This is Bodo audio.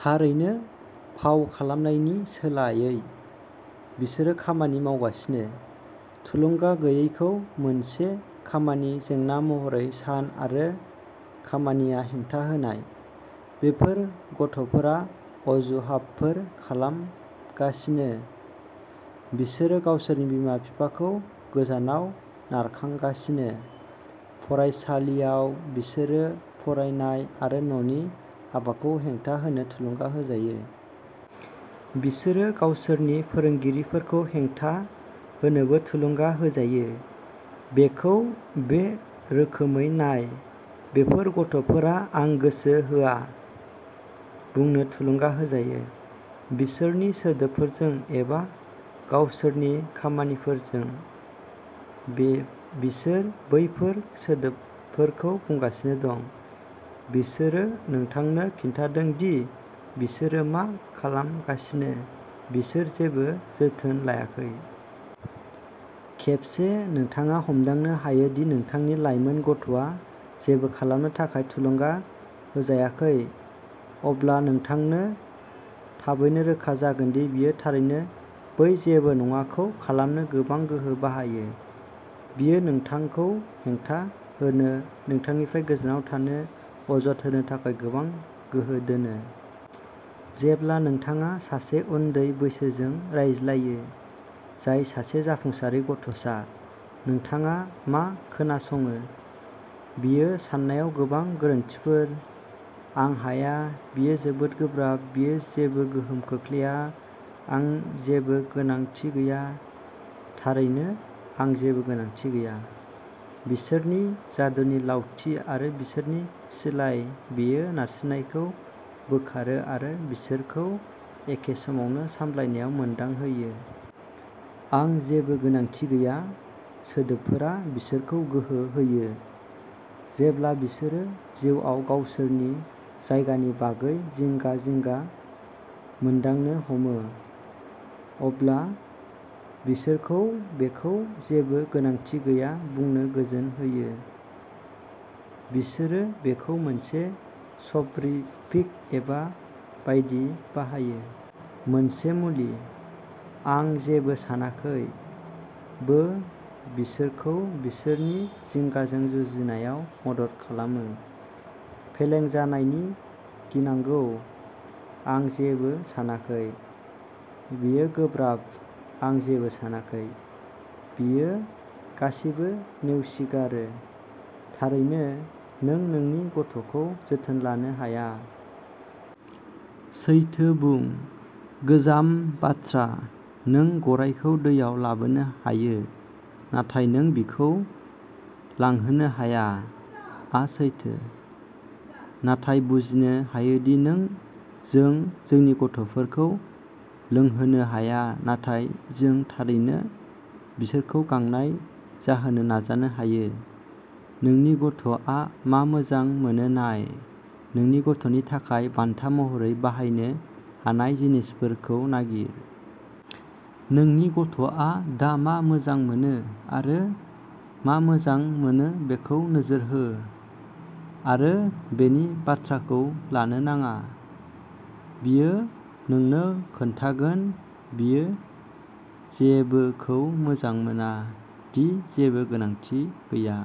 थारैनो, फाव खालामनायनि सोलायै, बिसोरो खामानि मावगासिनो। थुलुंगा गैयैखौ मोनसे खामानि जेंना महरै सान-आरो खामानिआ हेंथा होनाय। बेफोर गथ'फोरा अजुहाबफोर खालामगासिनो; बिसोरो गावसोरनि बिमा-बिफाखौ गोजानाव नारखांगासिनो। फरायसालियाव, बिसोरो फरायनाय आरो न'नि हाबाखौ हेंथा होनो थुलुंगा होजायो। बिसोरो गावसोरनि फोरोंगिरिफोरखौ हेंथा होनोबो थुलुंगा होजायो। बेखौ बे रोखोमै नायः बेफोर गथ'फोरा "आं गोसो होआ" बुंनो थुलुंगा होजायो, बिसोरनि सोदोबफोरजों एबा गावसोरनि खामानिफोरजों। बिसोर बैफोर सोदोबफोरखौ बुंगासिनो दं; बिसोरो नोंथांनो खोन्थादों दि बिसोरो मा खालामगासिनो-बिसोर जेबो जोथोन लायाखै। खेबसे नोंथाङा हमदांनो हायो दि नोंथांनि लायमोन गथ'आ जेबो खालामनो थाखाय थुलुंगा होजायाखै, अब्ला नोंथांनो थाबैनो रोखा जागोन दि बियो थारैनो बै "जेबो नङा" खौ खालामनो गोबां गोहो बाहायो। बियो नोंथांखौ हेंथा होनो, नोंथांनिफ्राय गोजानाव थानो, अजद होनो थाखाय गोबां गोहो दोनो। जेब्ला नोंथाङा सासे उनदै बैसोजों रायज्लायो, जाय सासे जाफुंसारै गथ'सा, नोंथाङा मा खोनासङो, बेयो साननायाव गोबां गोरोन्थिफोर। "आं हाया; बेयो जोबोद गोब्राब; बेयो जेबो गोहोम खोख्लैया; आं जेबो गोनांथि गैया। " थारैनो, "आं जेबो गोनांथि गैया" बिसोरनि जादुनि लावथि आरो बिसोरनि सिलाइ-बेयो नारसिननायखौ बोखारो आरो बिसोरखौ एखे समावनो सामलायनायाव मोनदांहोयो। "आं जेबो गोनांथि गैया" सोदोबफोरा बिसोरखौ गोहो होयो। जेब्ला बिसोरो जिउआव गावसोरनि जायगानि बागै जिंगा-जिंगा मोनदांनो हमो, अब्ला बिसोरखौ बेखौ जेबो गोनांथि गैया बुंनो गोजोन होयो; बिसोरो बेखौ मोनसे स'प'रिफिक एबा बायदि बाहायो। मोनसे मुलि। "आं जेबो सानाखै" बो बिसोरखौ बिसोरनि जिंगाजों जुजिनायाव मदद खालामो। फेलें जानायनि गिनांगौ? "आं जेबो सानाखै। " बेयो गोब्राब? "आं जेबो सानाखै। " बेयो गासिबो नेवसिगारो। थारैनो, नों नोंनि गथ'खौ जोथोन लानो हाया। सैथो बुं, गोजाम बाथ्रा, "नों गरायखौ दैयाव लाबोनो हायो, नाथाय नों बिखौ लोंहोनो हाया" आ सैथो। नाथाय बुजिनो हायोदि जों जोंनि गथ'फोरखौ लोंहोनो हाया, नाथाय जों थारैनो बिसोरखौ गांनाय जाहोनो नाजानो हायो। नोंनि गथ'आ मा मोजां मोनो नायः नोंनि गथ'नि थाखाय बान्था महरै बाहायनो हानाय जिनिसफोरखौ नागिर। नोंनि गथ'आ दा मा मोजां मोनो आरो मा मोजां मोनो बेखौ नोजोर हो। आरो बिनि बाथ्राखौ लानो नाङा; बियो नोंनो खोन्थागोन बियो जेबोखौ मोजां मोना; दि "जेबो गोनांथि गैया।